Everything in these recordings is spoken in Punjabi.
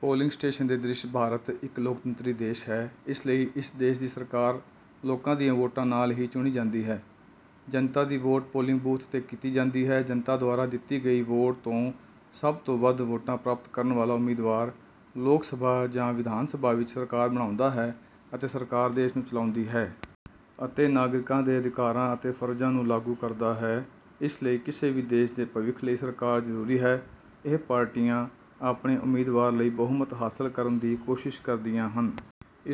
ਪੋਲਿੰਗ ਸਟੇਸ਼ਨ ਦੇ ਦ੍ਰਿਸ਼ ਭਾਰਤ ਇੱਕ ਲੋਕਤੰਤਰੀ ਦੇਸ਼ ਹੈ। ਇਸ ਲਈ ਇਸ ਦੇਸ਼ ਦੀ ਸਰਕਾਰ ਲੋਕਾਂ ਦੀਆਂ ਵੋਟਾਂ ਨਾਲ ਹੀ ਚੁਣੀ ਜਾਂਦੀ ਹੈ। ਜਨਤਾ ਦੀ ਵੋਟ ਪੋਲਿੰਗ ਬੂਥ 'ਤੇ ਕੀਤੀ ਜਾਂਦੀ ਹੈ। ਜਨਤਾ ਦੁਆਰਾ ਦਿੱਤੀ ਗਈ ਵੋਟ ਤੋਂ ਸਭ ਤੋਂ ਵੱਧ ਵੋਟਾਂ ਪ੍ਰਾਪਤ ਕਰਨ ਵਾਲਾ ਉਮੀਦਵਾਰ ਲੋਕ ਸਭਾ ਜਾਂ ਵਿਧਾਨ ਸਭਾ ਵਿੱਚ ਸਰਕਾਰ ਬਣਾਉਂਦਾ ਹੈ ਅਤੇ ਸਰਕਾਰ ਦੇਸ਼ ਨੂੰ ਚਲਾਉਂਦੀ ਹੈ। ਅਤੇ ਨਾਗਰਿਕਾਂ ਦੇ ਅਧਿਕਾਰਾਂ ਅਤੇ ਫਰਜ਼ਾਂ ਨੂੰ ਲਾਗੂ ਕਰਦਾ ਹੈ। ਇਸ ਲਈ ਕਿਸੇ ਵੀ ਦੇਸ਼ ਦੇ ਭਵਿੱਖ ਲਈ ਸਰਕਾਰ ਜ਼ਰੂਰੀ ਹੈ। ਇਹ ਪਾਰਟੀਆਂ ਆਪਣੇ ਉਮੀਦਵਾਰ ਲਈ ਬਹੁਮਤ ਹਾਸਲ ਕਰਨ ਦੀ ਕੋਸ਼ਿਸ਼ ਕਰਦੀਆਂ ਹਨ।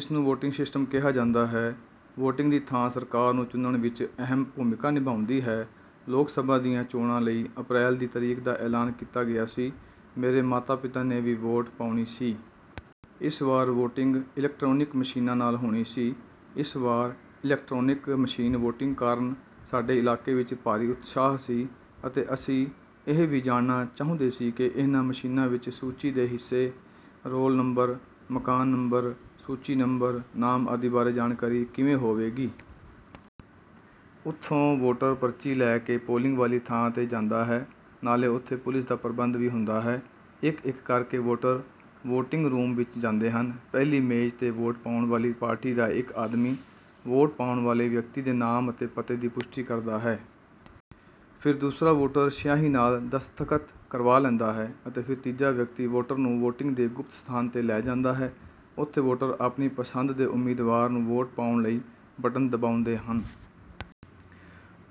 ਇਸ ਨੂੰ 'ਵੋਟਿੰਗ ਸਿਸਟਮ' ਕਿਹਾ ਜਾਂਦਾ ਹੈ। ਵੋਟਿੰਗ ਦੀ ਥਾਂ ਸਰਕਾਰ ਨੂੰ ਚੁਣਨ ਵਿੱਚ ਅਹਿਮ ਭੂਮਿਕਾ ਨਿਭਾਉਂਦੀ ਹੈ। ਲੋਕ ਸਭਾ ਦੀਆਂ ਚੋਣਾਂ ਲਈ ਅਪ੍ਰੈਲ ਦੀ ਤਰੀਕ ਦਾ ਐਲਾਨ ਕੀਤਾ ਗਿਆ ਸੀ। ਮੇਰੇ ਮਾਤਾ-ਪਿਤਾ ਨੇ ਵੀ ਵੋਟ ਪਾਉਣੀ ਸੀ। ਇਸ ਵਾਰ ਵੋਟਿੰਗ 'ਇਲੈਕਟ੍ਰਾਨਿਕ ਮਸ਼ੀਨਾਂ' ਨਾਲ ਹੋਣੀ ਸੀ। ਇਸ ਵਾਰ ਇਲੈਕਟਰਾਨਿਕ ਮਸ਼ੀਨ ਵੋਟਿੰਗ ਕਾਰਨ ਸਾਡੇ ਇਲਾਕੇ ਵਿੱਚ ਭਾਰੀ ਉਤਸ਼ਾਹ ਸੀ। ਅਤੇ ਅਸੀਂ ਇਹ ਵੀ ਜਾਣਨਾ ਚਾਹੁੰਦੇ ਸੀ ਕਿ ਇਹਨਾਂ ਮਸ਼ੀਨਾਂ ਵਿੱਚ ਸੂਚੀ ਦੇ ਹਿੱਸੇ, ਰੋਲ ਨੰਬਰ, ਮਕਾਨ ਨੰਬਰ, ਸੂਚੀ ਨੰਬਰ, ਨਾਮ ਆਦਿ ਬਾਰੇ ਜਾਣਕਾਰੀ ਕਿਵੇਂ ਹੋਵੇਗੀ। ਉਥੋਂ ਵੋਟਰ ਪਰਚੀ ਲੈ ਕੇ ਪੋਲਿੰਗ ਵਾਲੀ ਥਾਂ 'ਤੇ ਜਾਂਦਾ ਹੈ, ਨਾਲੇ ਉੱਥੇ ਪੁਲਿਸ ਦਾ ਪ੍ਰਬੰਧ ਵੀ ਹੁੰਦਾ ਹੈ ਇਕ-ਇਕ ਕਰਕੇ ਵੋਟਰ ਵੋਟਿੰਗ ਰੂਮ ਵਿਚ ਜਾਂਦੇ ਹਨ। ਪਹਿਲੀ ਮੇਜ਼ 'ਤੇ, ਵੋਟ ਪਾਉਣ ਵਾਲੀ ਪਾਰਟੀ ਦਾ ਇਕ ਆਦਮੀ ਵੋਟ ਪਾਉਣ ਵਾਲੇ ਵਿਅਕਤੀ ਦੇ ਨਾਮ ਅਤੇ ਪਤੇ ਦੀ ਪੁਸ਼ਟੀ ਕਰਦਾ ਹੈ। ਫਿਰ ਦੂਸਰਾ ਵੋਟਰ ਸਿਆਹੀ ਨਾਲ ਦਸਤਖਤ ਕਰਵਾ ਲੈਂਦਾ ਹੈ ਅਤੇ ਫਿਰ ਤੀਜਾ ਵਿਅਕਤੀ ਵੋਟਰ ਨੂੰ ਵੋਟਿੰਗ ਦੇ ਗੁਪਤ ਸਥਾਨ 'ਤੇ ਲੈ ਜਾਂਦਾ ਹੈ। ਉੱਥੇ ਵੋਟਰ ਆਪਣੀ ਪਸੰਦ ਦੇ ਉਮੀਦਵਾਰ ਨੂੰ ਵੋਟ ਪਾਉਣ ਲਈ ਬਟਨ ਦਬਾਉਂਦੇ ਹਨ।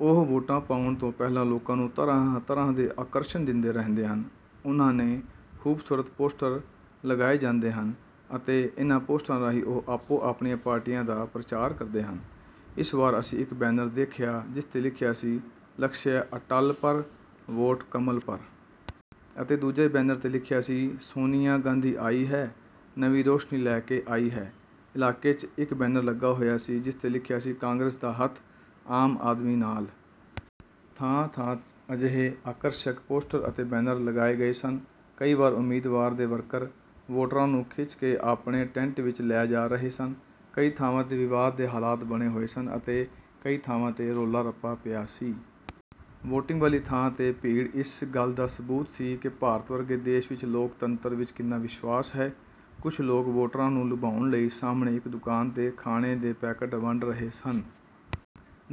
ਉਹ ਵੋਟਾਂ ਪਾਉਣ ਤੋਂ ਪਹਿਲਾਂ ਲੋਕਾਂ ਨੂੰ ਤਰ੍ਹਾਂ-ਤਰ੍ਹਾਂ ਦੇ ਆਕਰਸ਼ਨ ਦਿੰਦੇ ਰਹਿੰਦੇ ਹਨ। ਉਨ੍ਹਾਂ ਨੇ ਖੂਬਸੂਰਤ ਪੋਸਟਰ ਲਗਾਏ ਜਾਂਦੇ ਹਨ ਅਤੇ ਇਨ੍ਹਾਂ ਪੋਸਟਰਾਂ ਰਾਹੀਂ ਉਹ ਆਪੋ-ਆਪਣੀਆਂ ਪਾਰਟੀਆਂ ਦਾ ਪ੍ਰਚਾਰ ਕਰਦੇ ਹਨ। ਇਸ ਵਾਰ ਅਸੀਂ ਇਕ ਬੈਨਰ ਦੇਖਿਆ ਜਿਸ 'ਤੇ ਲਿਖਿਆ ਸੀ- 'ਲਕਸ਼ਯ ਅਟਲ ਪਰ ਵੋਟ ਕਮਲ ਪਰ'। ਅਤੇ ਦੂਜੇ ਬੈਨਰ 'ਤੇ ਲਿਖਿਆ ਸੀ, 'ਸੋਨੀਆ ਗਾਂਧੀ ਆਈ ਹੈ, ਨਵੀਂ ਰੋਸ਼ਨੀ ਲੈ ਕੇ ਆਈ ਹੈ। ' ਇਲਾਕੇ 'ਚ ਇਕ ਬੈਨਰ ਲੱਗਾ ਹੋਇਆ ਸੀ, ਜਿਸ 'ਤੇ ਲਿਖਿਆ ਸੀ- ਕਾਂਗਰਸ ਦਾ ਹੱਥ, ਆਮ ਆਦਮੀ ਨਾਲ। ਥਾਂ-ਥਾਂ ਅਜਿਹੇ ਆਕਰਸ਼ਕ ਪੋਸਟਰ ਅਤੇ ਬੈਨਰ ਲਗਾਏ ਗਏ ਸਨ। ਕਈ ਵਾਰ ਉਮੀਦਵਾਰ ਦੇ ਵਰਕਰ ਵੋਟਰਾਂ ਨੂੰ ਖਿੱਚ ਕੇ ਆਪਣੇ ਟੇੰਟ ਵਿੱਚ ਲੈ ਜਾ ਰਹੇ ਸਨ। ਕਈ ਥਾਵਾਂ 'ਤੇ ਵਿਵਾਦ ਦੇ ਹਾਲਾਤ ਬਣੇ ਹੋਏ ਸਨ ਅਤੇ ਕਈ ਥਾਵਾਂ 'ਤੇ ਰੌਲਾ-ਰੱਪਾ ਪਿਆ ਸੀ। ਵੋਟਿੰਗ ਵਾਲੀ ਥਾਂ 'ਤੇ ਭੀੜ ਇਸ ਗੱਲ ਦਾ ਸਬੂਤ ਸੀ ਕਿ ਭਾਰਤ ਵਰਗੇ ਦੇਸ਼ ਵਿਚ ਲੋਕਤੰਤਰ ਵਿਚ ਕਿੰਨਾ ਵਿਸ਼ਵਾਸ ਹੈ। ਕੁਝ ਲੋਕ ਵੋਟਰਾਂ ਨੂੰ ਲੁਭਾਉਣ ਲਈ ਸਾਹਮਣੇ ਇਕ ਦੁਕਾਨ 'ਤੇ ਖਾਣੇ ਦੇ ਪੈਕੇਟ ਵੰਡ ਰਹੇ ਸਨ।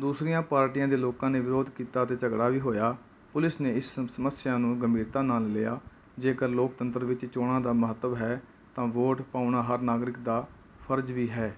ਦੂਸਰੀਆਂ ਪਾਰਟੀਆਂ ਦੇ ਲੋਕਾਂ ਨੇ ਵਿਰੋਧ ਕੀਤਾ ਅਤੇ ਝਗੜਾ ਵੀ ਹੋਇਆ। ਪੁਲਿਸ ਨੇ ਇਸ ਸਮੱਸਿਆ ਨੂੰ ਗੰਭੀਰਤਾ ਨਾਲ ਲਿਆ। ਜੇਕਰ ਲੋਕਤੰਤਰ ਵਿੱਚ ਚੋਣਾਂ ਦਾ ਮਹੱਤਵ ਹੈ ਤਾਂ ਵੋਟ ਪਾਉਣਾ ਹਰ ਨਾਗਰਿਕ ਦਾ ਫਰਜ਼ ਵੀ ਹੈ।